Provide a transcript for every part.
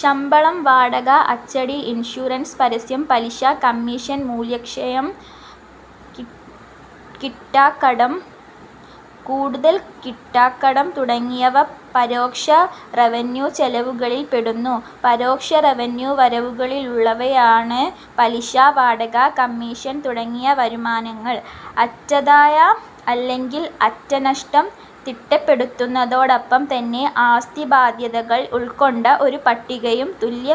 ശമ്പളം, വാടക, അച്ചടി, ഇൻഷുറൻസ്, പരസ്യം, പലിശ, കമ്മീഷൻ, മൂല്യക്ഷയം, കിട്ടാക്കടം, കരുതൽ കിട്ടാക്കടം തുടങ്ങിയവ പരോക്ഷ റവന്യൂ ചെലവുകളിൽപ്പെടുന്നു. പരോക്ഷ റവന്യൂ വരവുകളിലുള്ളവയാണ് പലിശ, വാടക, കമ്മീഷൻ തുടങ്ങിയ വരുമാനങ്ങൾ. അറ്റാദായം അല്ലെങ്കിൽ അറ്റനഷ്ടം തിട്ടപ്പെടുത്തുന്നതോടൊപ്പം തന്നെ ആസ്തിബാദ്ധ്യതകൾ ഉൾക്കൊണ്ട ഒരു പട്ടികയ്ക്കും തുല്യ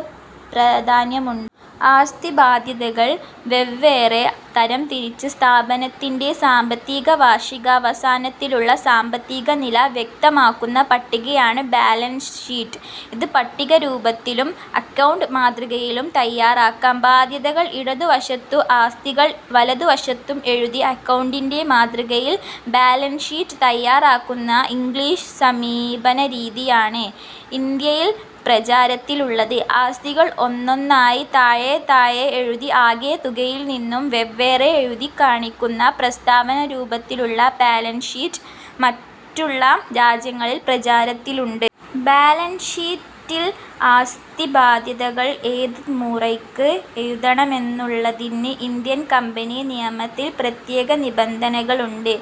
പ്രാധാന്യമുണ്ട്. ആസ്തിബാദ്ധ്യതകൾ വെവ്വേറെ തരംതിരിച്ച് സ്ഥാപനത്തിൻ്റെ സാമ്പത്തിക വർഷാവസാനത്തിലുള്ള സാമ്പത്തികനില വ്യക്തമാക്കുന്ന പട്ടികയാണ് ബാലൻസ് ഷീറ്റ്. ഇത് പട്ടികരൂപത്തിലും അക്കൗണ്ട് മാതൃകയിലും തയ്യാറാക്കാം. ബാദ്ധ്യതകൾ ഇടതുവശത്തും ആസ്തികൾ വലതുവശത്തും എഴുതി അക്കൗണ്ടിൻ്റെ മാതൃകയിൽ ബാലൻസ് ഷീറ്റ് തയ്യാറാക്കുന്ന ഇംഗ്ലീഷ് സമീപനരീതിയാണ് ഇന്ത്യയിൽ പ്രചാരത്തിലുള്ളത്. ആസ്തികൾ ഒന്നൊന്നായി താഴെ താഴെ എഴുതി ആകെ തുകയിൽനിന്നും വെവ്വേറെ എഴുതിക്കാണിക്കുന്ന പ്രസ്താവനാരൂപത്തിലുള്ള ബാലൻസ് ഷീറ്റും മറ്റുള്ള രാജ്യങ്ങളിൽ പ്രചാരത്തിലുണ്ട്. ബാലൻസ് ഷീറ്റിൽ ആസ്തിബാദ്ധ്യതകൾ ഏത് മുറയ്ക്ക് എഴുതണമെന്നുള്ളതിന് ഇന്ത്യൻ കമ്പനി നിയമത്തിൽ പ്രത്യേക നിബന്ധനകളുണ്ട്.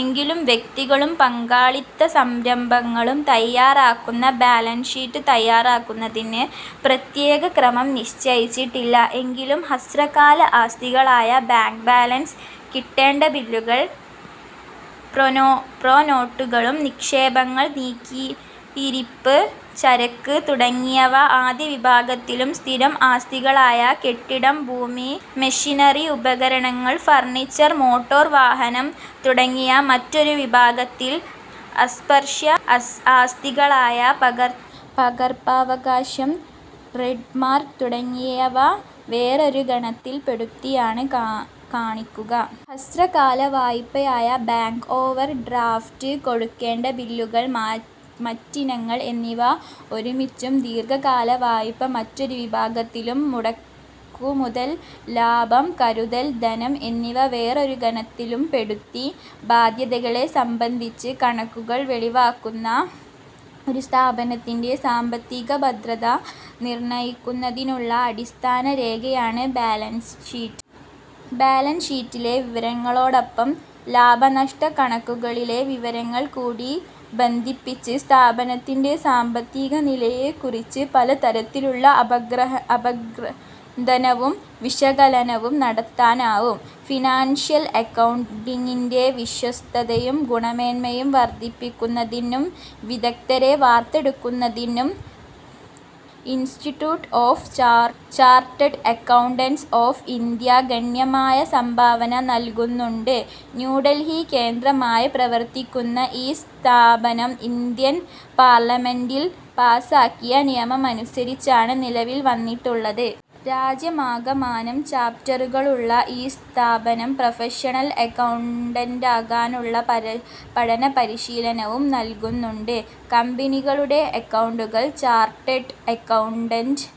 എങ്കിലും വ്യക്തികളും പങ്കാളിത്ത സംരംഭങ്ങളും തയ്യാറാക്കുന്ന ബാലൻസ് ഷീറ്റ് തയ്യാറാക്കുന്നതിന് പ്രത്യേക ക്രമം നിശ്ചയിച്ചിട്ടില്ല. എങ്കിലും, ഹ്രസ്വകാല ആസ്തികളായ ബാങ്ക് ബാലൻസ്, കിട്ടേണ്ട ബില്ലുകളും പ്രോനോട്ടുകളും, നിക്ഷേപങ്ങൾ, നീക്കിയിരിപ്പ് ചരക്ക് തുടങ്ങിയവ ആദ്യവിഭാഗത്തിലും സ്ഥിരം ആസ്തികളായ കെട്ടിടം, ഭൂമി, മെഷീനറി, ഉപകരണങ്ങൾ, ഫർണിച്ചർ, മോട്ടോർ വാഹനം തുടങ്ങിയവ മറ്റൊരു വിഭാഗത്തിലും അസ്പർശ്യ ആസ്തികളായ പകർപ്പവകാശം, ട്രേഡ് മാർക്ക് തുടങ്ങിയവ വേറൊരു ഗണത്തിലുംപെടുത്തിയാണ് കാ കാണിക്കുക. ഹ്രസ്വകാല വായ്പയായ ബാങ്ക് ഓവർ ഡ്രാഫ്റ്റ്, കൊടുക്കേണ്ട ബില്ലുകൾ, മറ്റിനങ്ങൾ എന്നിവ ഒരുമിച്ചും ദീർഘകാല വായ്പ മറ്റൊരു വിഭാഗത്തിലും മുടക്കുമുതൽ, ലാഭം, കരുതൽ ധനം എന്നിവ വേറൊരു ഗണത്തിലുംപെടുത്തി ബാദ്ധ്യതകളെ സംബന്ധിച്ച കണക്കുകൾ വെളിവാക്കുന്നു. ഒരു സ്ഥാപനത്തിൻ്റെ സാമ്പത്തിക ഭദ്രത നിർണയിക്കുന്നതിനുള്ള അടിസ്ഥാനരേഖയാണ് ബാലൻസ് ഷീറ്റ്. ബാലൻസ് ഷീറ്റിലെ വിവരണങ്ങളോടൊപ്പം, ലാഭനഷ്ടക്കണക്കുകളിലെ വിവരങ്ങൾ കൂടി ബന്ധിപ്പിച്ച് സ്ഥാപനത്തിൻ്റെ സാമ്പത്തിക നിലയെക്കുറിച്ച് പലതരത്തിലുള്ള അപഗ്രഥനവും വിശകലനവും നടത്താനാവും. ഫിനാൻഷ്യൽ അക്കൗണ്ടിങ്ങിൻ്റെ വിശ്വാസ്യതയും ഗുണമേന്മയും വർദ്ധിപ്പിക്കുന്നതിനും വിദഗ്ദ്ധരെ വാർത്തെടുക്കുന്നതിലും Institute of Chartered Accountants of India ഗണ്യമായ സംഭാവന നൽകുന്നുണ്ട്. ന്യൂഡൽഹി കേന്ദ്രമായി പ്രവർത്തിക്കുന്ന ഈ സ്ഥാപനം ഇന്ത്യൻ പാർലമെൻ്റിൽ പാസ്സാക്കിയ നിയമമനുസരിച്ചാണ് നിലവിൽ വന്നിട്ടുള്ളത്. രാജ്യമാകമാനം ചാപ്റ്ററുകളുള്ള ഈ സ്ഥാപനം പ്രൊഫഷണൽ അക്കൗണ്ടന്റാകാനുള്ള പഠനപരിശീലനവും നൽകുന്നുണ്ട്. കമ്പനികളുടെ അക്കൗണ്ടുകൾ ചാർട്ടേഡ് അക്കൗണ്ടൻ്റെ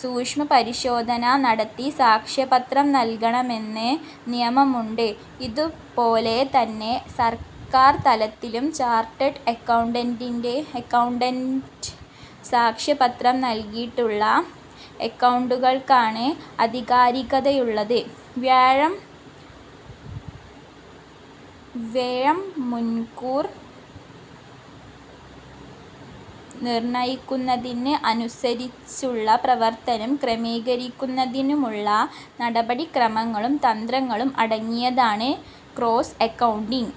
സൂക്ഷ്മപരിശോധന നടത്തി സാക്ഷിപത്രം നൽകണമെന്ന നിയമമുണ്ട്. ഇതുപോലെ തന്നെ സർക്കാർതലത്തിലും ചാർട്ടേഡ് അക്കൗണ്ടൻ്റെ സാക്ഷിപത്രം നൽകിയിട്ടുള്ള അക്കൗണ്ടുകൾക്കാണ് ആധികാരികതയുള്ളത്. വ്യയം മുൻകൂർ നിർണയിക്കുന്നതിനും അതനുസരിച്ചുള്ള പ്രവർത്തനം ക്രമീകരിക്കുന്നതിനുമുള്ള നടപടിക്രമങ്ങളും തന്ത്രങ്ങളും അടങ്ങിയതാണ് കോസ്റ്റ് അക്കൗണ്ടിങ്.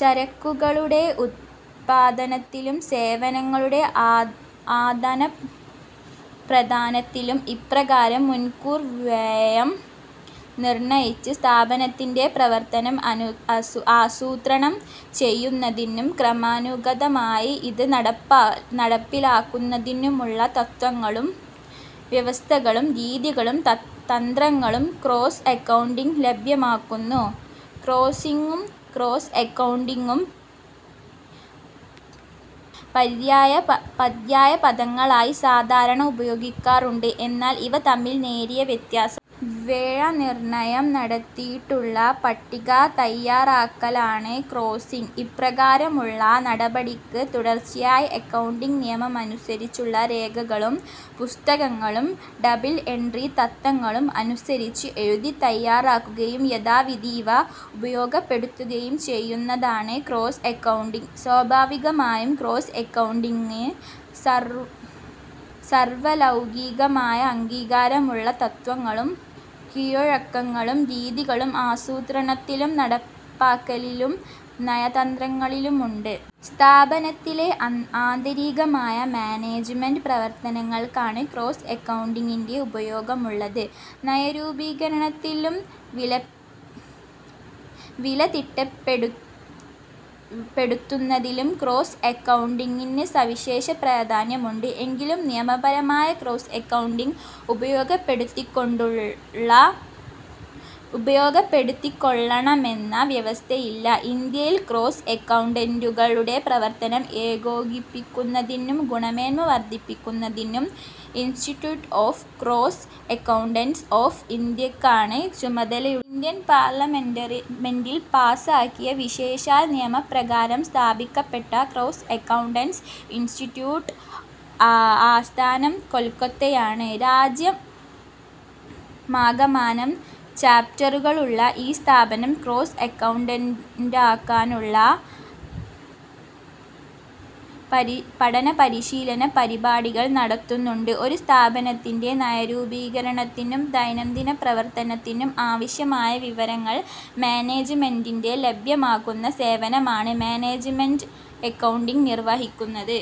ചരക്കുകളുടെ ഉത്പാദനത്തിലും, സേവനങ്ങളുടെ ആദാനപ്രധാനത്തിലും ഇപ്രകാരം മുൻകൂർ വ്യയം നിർണയിച്ച് സ്ഥാപനത്തിൻ്റെ പ്രവർത്തനം ആസൂത്രണം ചെയ്യുന്നതിനും ക്രമാനുഗതമായി ഇത് നടപ്പിലാക്കുന്നതിനുമുള്ള തത്ത്വങ്ങളും വ്യവസ്ഥകളും രീതികളും തന്ത്രങ്ങളും കോസ്റ്റ് അക്കൗണ്ടിങ് ലഭ്യമാക്കുന്നു. കോസ്റ്റിങ്ങും കോസ്റ്റ് അക്കൗണ്ടിങ്ങും പര്യായപദങ്ങളായി സാധാരണ ഉപയോഗിക്കാറുണ്ട്. എന്നാൽ ഇവ തമ്മിൽ നേരിയ വ്യത്യാസമുണ്ട്. വ്യയനിർണയം നടത്തിയിട്ടുള്ള പട്ടിക തയ്യാറാക്കലാണ് കോസ്റ്റിങ്. ഇപ്രകാരമുള്ള നടപടിക്ക് തുടർച്ചയായി അക്കൗണ്ടിങ് നിയമമനുസരിച്ചുള്ള രേഖകളും പുസ്തകങ്ങളും ഡബിൾ എൻട്രി തത്ത്വങ്ങൾ അനുസരിച്ച് എഴുതി തയ്യാറാക്കുകയും യഥാവിധി ഇവ ഉപയോഗപ്പെടുത്തുകയും ചെയ്യുന്നതാണ് കോസ്റ്റ് അക്കൗണ്ടിങ്. സ്വാഭാവികമായും കോസ്റ്റ് അക്കൗണ്ടിങ്ങിന് സാർവലൗകികമായ അംഗീകാരമുള്ള തത്ത്വങ്ങളും കീഴ്വഴക്കങ്ങളും, രീതികളും ആസൂത്രണത്തിലും നടപ്പിലാക്കലിലും നിയന്ത്രണങ്ങളുമുണ്ട്. സ്ഥാപനത്തിലെ ആന്തരികമായ മാനേജ്മെൻ്റ് പ്രവർത്തനങ്ങൾക്കാണ് കോസ്റ്റ് അക്കൗണ്ടിങ്ങിൻ്റെ ഉപയോഗമുള്ളത്. നയരൂപീകരണത്തിലും വിലതിട്ടപ്പെടുത്തുന്നതിലും കോസ്റ്റ് അക്കൗണ്ടിങ്ങിന് സവിശേഷ പ്രാധാന്യമുണ്ട്. എങ്കിലും, നിയമപരമായി കോസ്റ്റ് അക്കൗണ്ടിങ് ഉപയോഗപ്പെടുത്തിക്കൊള്ളണമെന്ന വ്യവസ്ഥയില്ല. ഇന്ത്യയിൽ കോസ്റ്റ് അക്കൗണ്ടന്റുകളുടെ പ്രവർത്തനം ഏകോപിപ്പിക്കുന്നതിനും ഗുണമേന്മ വർദ്ധിപ്പിക്കുന്നതിനും institute of cost accountants of ഇന്ത്യയ്ക്കാണ് ചുമതലയുള്ളത്. ഇന്ത്യൻ പാർലമെൻ്റിൽ പാസ്സാക്കിയ വിശേഷാൽ നിയമപ്രകാരം സ്ഥാപിക്കപ്പെട്ട കോസ്റ്റ് അക്കൗണ്ടന്റ്സ് ഇൻസ്റ്റിറ്റ്യൂട്ടിൻ്റെ ആസ്ഥാനം കൊൽക്കത്തയാണ്. രാജ്യമാകമാനം ചാപ്റ്ററുകളുള്ള ഈ സ്ഥാപനം കോസ്റ്റ് അക്കൗണ്ടന്റാകാനുള്ള പഠനപരിശീലന പരിപാടികൾ നടത്തുന്നുണ്ട്. ഒരു സ്ഥാപനത്തിൻ്റെ നയരൂപീകരണത്തിനും ദൈനംദിന പ്രവർത്തനത്തിനും ആവശ്യമായ വിവരങ്ങൾ മാനേജ്മെൻ്റിന് ലഭ്യമാക്കുന്ന സേവനമാണ് മാനേജ്മെൻ്റെ അക്കൗണ്ടിങ് നിർവഹിക്കുന്നത്.